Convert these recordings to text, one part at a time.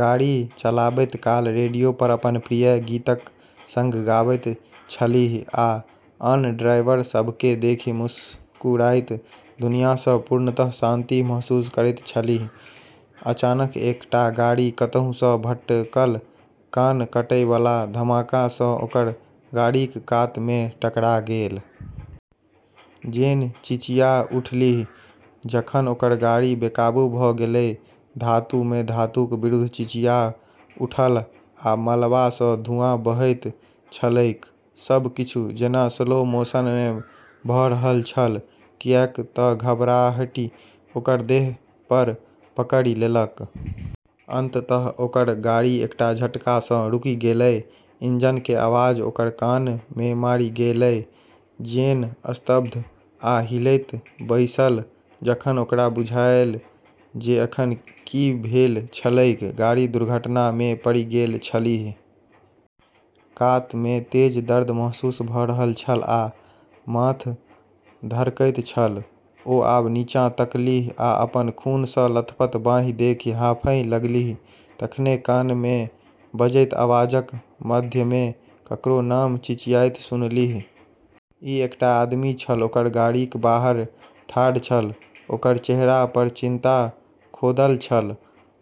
गाड़ी चलाबैत काल रेडियो पर अपन प्रिय गीतक संग गबैत छलीह आ आन ड्राइवर सभकेँ देखि मुस्कुराइत दुनियाँसँ पूर्णतः शांति महसूस करैत छलीह। अचानक एकटा गाड़ी कतहु सँ भटकल, कान कटय बला धमाका सँ ओकर गाड़ीक कात मे टकरा गेल। जेन चिचिया उठलीह जखन ओकर गाड़ी बेकाबू भ गेलै, धातु मे धातुक विरुद्ध चिचिया उठल आ मलबा सँ धुँआ बहैत छलैक। सब किछु जेना स्लो मोशन मे भ रहल छल किएक त घबराहटि ओकर देह पर पकड़ि लेलक। अंततः ओकर गाड़ी एकटा झटका सँ रुकि गेलै, इंजन के आवाज ओकर कान मे मरि गेलै। जेन स्तब्ध आ हिलैत बैसल, जखन ओकरा बुझायल जे एखन की भेल छलैक। गाड़ी दुर्घटना मे पड़ि गेल छलीह। कात मे तेज दर्द महसूस भ रहल छल आ माथ धड़कैत छल। ओ आब नीचाँ तकलीह आ अपन खूनसँ लथपथ बाँहि देखि हांफय लगलीह। तखने कान मे बजैत आवाजक माध्यमे ककरो नाम चिचियाइत सुनलीह। ई एकटा आदमी छल, ओकर गाड़ीक बाहर ठाढ़ छल, ओकर चेहरा पर चिन्ता खोदल छल।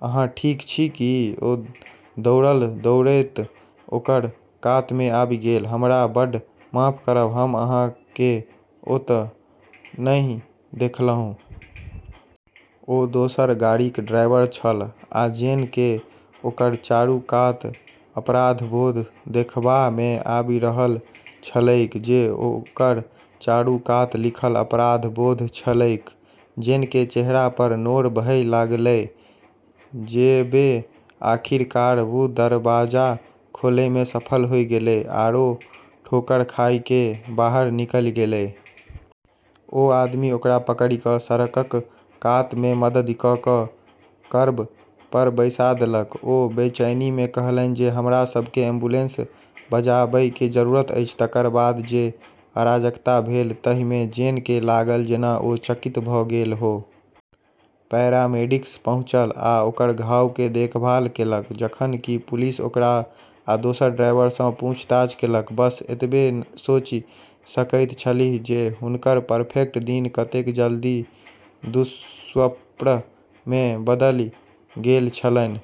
"अहाँ ठीक छी की? " ओ दौड़ल-दौड़ैत ओकर कात मे आबि गेल। "हमरा बड्ड माफ करब, हम अहाँ केँ ओत' नहि देखलहुँ! " ओ दोसर गाड़ीक ड्राइवर छल आ जेन केँ ओकर चारू कात अपराधबोध देखबा मे आबि रहल छलैक जे ओकर चारू कात लिखल अपराधबोध छलैक। जेन के चेहरा पर नोर बहय लागलै, जबेॅ आखिरकार वू दरवाजा खोलै में सफल होय गेलै आरो ठोकर खाय केॅ बाहर निकली गेलै। ओ आदमी ओकरा पकड़ि क' सड़कक कात मे मददि क' क' कर्ब पर बैसा देलक। ओ बेचैनी मे कहलनि जे, हमरा सब के एम्बुलेंस बजाबय के जरूरत अछि। तकर बाद जे अराजकता भेल ताहि मे जेन केँ लागल जेना ओ चकित भ' गेल हो। पैरामेडिक्स पहुंचल आ ओकर घाव के देखभाल केलक जखन कि पुलिस ओकरा आ दोसर ड्राइवर सं पूछताछ केलक। बस एतबे सोचि सकैत छलीह जे हुनकर परफेक्ट दिन कतेक जल्दी दुःस्वप्न मे बदलि गेल छलनि।